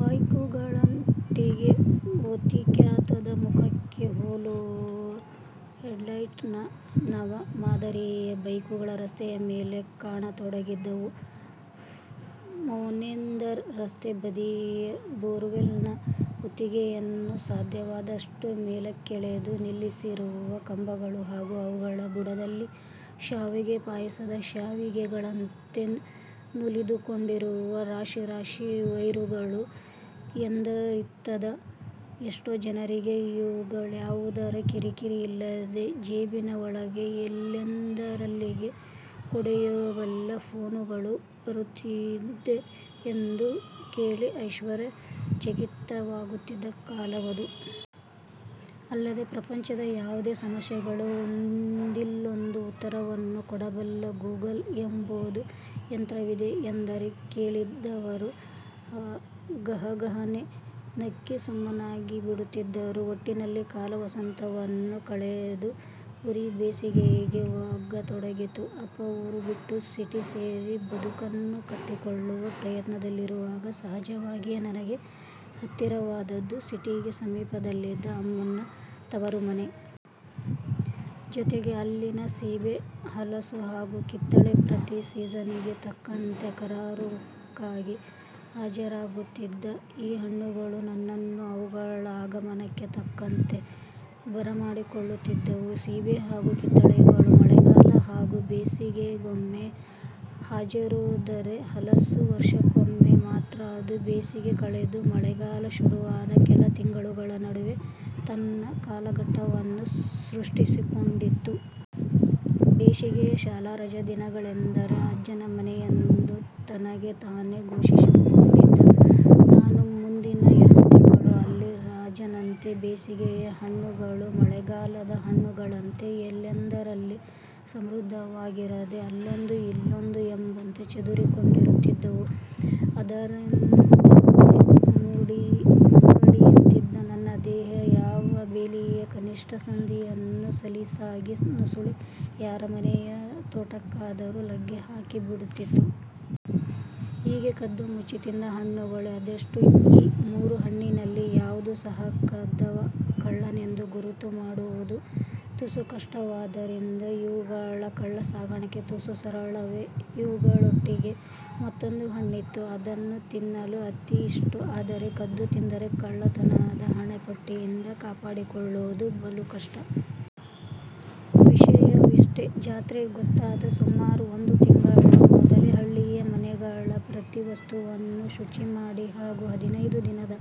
ಬೈಕುಗಳೊಟ್ಟಿಗೆ ಓತಿಕ್ಯಾತದ ಮುಖಕ್ಕೆ ಹೋಲುವ ಹೆಡ್ಲೈಟ್ ನ ನವ ಮಾದರಿಯ ಬೈಕುಗಳು ರಸ್ತೆಯ ಮೇಲೆ ಕಾಣತೊಡಗಿದ್ದವು, ಫೋನೆಂದರೆ ರಸ್ತೆ ಬದಿಯ ಬೋರವೆಲ್ ನ ಕುತ್ತಿಗೆಯನ್ನು ಸಾಧ್ಯವಾದಷ್ಟು ಮೇಲಕ್ಕೆಳೆದು ನಿಲ್ಲಿಸಿರಿವ ಕಂಬಗಳು ಹಾಗು ಅವುಗಳ ಬುಡದಲ್ಲಿ ಶಾವಿಗೆ ಪಾಯಸದ ಶಾವಿಗೆಗಳಂತೆ ನುಲಿದುಕೊಂಡಿರುವ ರಾಶಿ ರಾಶಿ ವೈರುಗಳು ಎಂದರಿತ್ತದ್ದ ಎಷ್ಟೋ ಜನರಿಗೆ ಇವುಗಳ್ಯಾವುದರ ಕಿರಿ- ಕಿರಿ ಇಲ್ಲದೆ ಜೇಬಿನ ಒಳಗೆ ಎಲ್ಲೆಂದರಲ್ಲಿಗೆ ಕೊಡೊಯ್ಯಬಲ್ಲ ಫೋನುಗಳು ಬರುತ್ತಿದೆ ಎಂದು ಕೇಳಿ ಆಶ್ಚರ್ಯ ಚಕಿತವಾಗುತ್ತಿದ್ದ ಕಾಲವದು.. ಅಲ್ಲದೆ ಪ್ರಪಂಚದ ಯಾವುದೇ ಸಮಸ್ಯೆಗಳಿಗೂ ಒಂದಿಲ್ಲೊಂದು ಉತ್ತರವನ್ನು ಕೊಡಬಲ್ಲ 'ಗೂಗಲ್' ಎಂಬೊಂದು ಯಂತ್ರವಿದೆ ಎಂದರೆ ಕೇಳಿದವರು ಗಹಗಹನೇ ನಕ್ಕಿ ಸುಮ್ಮನಾಗಿಬಿಡುತ್ತಿದ್ದರು. ಒಟ್ಟಿನಲ್ಲಿ ಕಾಲ ವಸಂತವನ್ನು ಕಳೆದು ಉರಿ ಬೇಸಿಗೆಗೆ ಒಗ್ಗತೊಡಗಿತ್ತು. ಅಪ್ಪ ಊರು ಬಿಟ್ಟು ಸಿಟಿ ಸೇರಿ ಬದುಕನ್ನು ಕಟ್ಟಿಕೊಳ್ಳುವ ಪ್ರಯತ್ನದಲ್ಲಿರುವಾಗ ಸಹಜವಾಗಿಯೇ ನನಗೆ ಹತ್ತಿರವಾದದ್ದು ಸಿಟಿಗೆ ಸಮೀಪದಲ್ಲಿದ್ದ ಅಮ್ಮನ ತವರು ಮನೆ. ಜೊತೆಗೆ ಅಲ್ಲಿನ ಸೀಬೆ ಹಲಸು ಹಾಗು ಕಿತ್ತಳೆ. ಪ್ರತಿ ಸೀಸನ್ ಗೆ ತಕ್ಕಂತೆ ಕರಾರುವಕ್ಕಾಗಿ ಹಾಜರಾಗುತಿದ್ದ ಈ ಹಣ್ಣುಗಳು ನನ್ನನೂ ಅವುಗಳ ಆಗಮನಕ್ಕೆ ತಕ್ಕಂತೆ ಬರಮಾಡಿಕೊಳ್ಳುತ್ತಿದ್ದವು. ಸೀಬೆ ಹಾಗು ಕಿತ್ತಳೆಗಳು ಮಳೆಗಾಲ ಹಾಗು ಬೇಸಿಗೆಗೊಮ್ಮೆ ಹಾಜರಾದರೆ ಹಲಸು ವರ್ಷಕೊಮ್ಮೆ ಮಾತ್ರ. ಅದೂ ಬೇಸಿಗೆ ಕಳೆದು ಮೆಳೆಗಾಲ ಶುರುವಾದ ಕೆಲ ತಿಂಗಳುಗಳ ನಡುವೆ ತನ್ನ ಕಾಲಘಟ್ಟವನ್ನು ಸೃಷ್ಟಿಸಿಕೊಂಡಿತ್ತು. ಬೇಸಿಗೆಯ ಶಾಲಾ ರಜ ದಿನಗಳೆಂದರೆ ಅಜ್ಜನ ಮನೆಯೆಂದು ತನಗೆ ತಾನೆ ಘೋಷಿಸಿಕೊಂಡಿದ್ದ ನಾನು ಮುಂದಿನ ಎರಡು ತಿಂಗಳು ಅಲ್ಲಿ ರಾಜನಂತೆ. ಬೇಸಿಗೆಯ ಹಣ್ಣುಗಳು ಮಳೆಗಾಲದ ಹಣ್ಣುಗಳಂತೆ ಎಲ್ಲೆಂದರಲ್ಲಿ ಸಮೃದ್ದವಾಗಿರದೆ ಅಲ್ಲೊಂದು ಇಲ್ಲೊಂದು ಎಂಬಂತೆ ಚದುರಿಕೊಂಡಿರುತಿದ್ದವು. ಆದರೇನಂತೆ, ಮೂರಡಿಯಂತಿದ್ದ ನನ್ನ ದೇಹ ಯಾವ ಬೇಲಿಯ ಕನಿಷ್ಠ ಸಂದಿಯನ್ನೂ ಸಲೀಸಾಗಿ ನುಸುಳಿ ಯಾರ ಮನೆಯ ತೋಟಕ್ಕಾದರೂ ಲಗ್ಗೆ ಹಾಕಿಬಿಡುತ್ತಿತ್ತು. ಹೀಗೆ ಕದ್ದು ಮುಚ್ಚಿ ತಿಂದ ಹಣ್ಣುಗಳು ಅದೆಷ್ಟೋ. ಈ ಮೂರೂ ಹಣ್ಣಿನಲ್ಲಿ ಯಾವುದೂ ಸಹ ಕದ್ದವ ಕಳ್ಳನೆಂದು ಗುರುತು ಮಾಡುವುದು ತುಸು ಕಷ್ಟವಾದರಿಂದ ಇವುಗಳ ಕಳ್ಳಸಾಗಣೆ ತುಸು ಸರಳವೇ. ಇವುಗಳೊಟ್ಟಿಗೆ ಮತ್ತೊಂದು ಹಣ್ಣಿತ್ತು. ಅದನ್ನು ತಿನ್ನಲು ಅತಿ ಇಷ್ಟ ಆದರೆ ಕದ್ದು ತಿಂದರೆ ಕಳ್ಳತನದ ಹಣೆಪಟ್ಟಿಯಿಂದ ಕಾಪಾಡಿಕೊಳ್ಳುವುದು ಬಲುಕಷ್ಟ. ವಿಷಯವಿಷ್ಟೇ. ಜಾತ್ರೆ ಗೊತ್ತಾದ ಸುಮಾರು ಒಂದು ತಿಂಗಳ ಮೊದಲೇ ಹಳ್ಳಿಯ ಮನೆಗಳ ಪ್ರತಿ ವಸ್ತುವನ್ನೂ ಶುಚಿಮಾಡಿ ಹಾಗು ಹದಿನೈದು ದಿನದ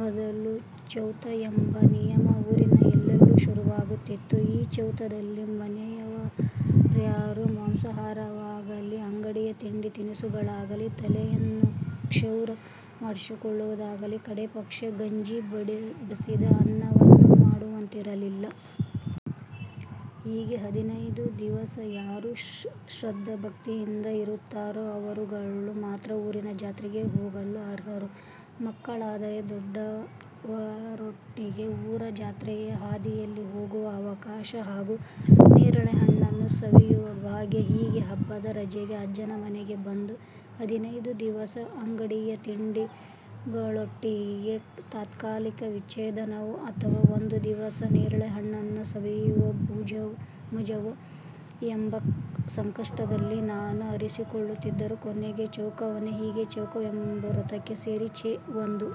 ಮೊದಲು 'ಚೌತ' ಎಂಬ ನಿಯಮ ಊರಿನ ಎಲ್ಲೆಲ್ಲೂ ಶುರುವಾಗುತ್ತಿತ್ತು. ಈ ಚೌತದಲ್ಲಿ ಮನೆಯವರ್ಯಾರು ಮಾಂಸಾಹಾರವಾಗಲಿ, ಅಂಗಡಿಯ ತಿಂಡಿ ತಿನಿಸುಗಳಾಗಲಿ, ತಲೆಯನ್ನು ಕ್ಷೌರ ಮಾಡಿಸಿಕೊಳ್ಳುವುದಾಗಲಿ ಕಡೆ ಪಕ್ಷ ಗಂಜಿ ಬಸಿದ ಅನ್ನವನ್ನೂ ಮಾಡುವಂತಿರಲಿಲ್ಲ. ಹೀಗೆ ಹದಿನೈದು ದಿವಸ ಯಾರು ಶ್ರದ್ದಾಭಕ್ತಿಯಿಂದ ಇರುತ್ತಾರೋ ಅವರುಗಳು ಮಾತ್ರ ಊರಿನ ಜಾತ್ರೆಗೆ ಹೋಗಲು ಅರ್ಹರು. ಮಕ್ಕಳಾದರೆ, ದೊಡ್ಡವರೊಟ್ಟಿಗೆ ಊರ ಜಾತ್ರೆಯ ಹಾದಿಯಲ್ಲಿ ಹೋಗುವ ಅವಕಾಶ ಹಾಗು ನೇರಳೆ ಹಣ್ಣನು ಸವಿಯುವ ಭಾಗ್ಯ. ಹೀಗೆ ಹಬ್ಬದ ರಜೆಗೆ ಅಜ್ಜನ ಮನೆಗೆ ಬಂದು ಹದಿನೈದು ದಿವಸ ಅಂಗಡಿಯ ತಿಂಡಿಗಳೊಟ್ಟಿಗೆ ತಾತ್ಕಾಲಿಕ ವಿಚ್ಛೇದನವೋ ಅಥವಾ ಒಂದು ದಿವಸ ನೇರಳೆ ಹಣ್ಣನ್ನು ಸವಿಯುವ ಮಜವೋ ಎಂಬ ಸಂಕಷ್ಟದಲ್ಲಿ ನಾನು ಆರಿಸಿಕೊಳ್ಳುತಿದ್ದದು ಕೊನೆಗೆ ಚೌತವನ್ನೇ. ಹೀಗೆ ಚೌತವೆಂಬ ವ್ರತಕ್ಕೆ ಸೇರಿ 'ಛೆ! ಒಂದು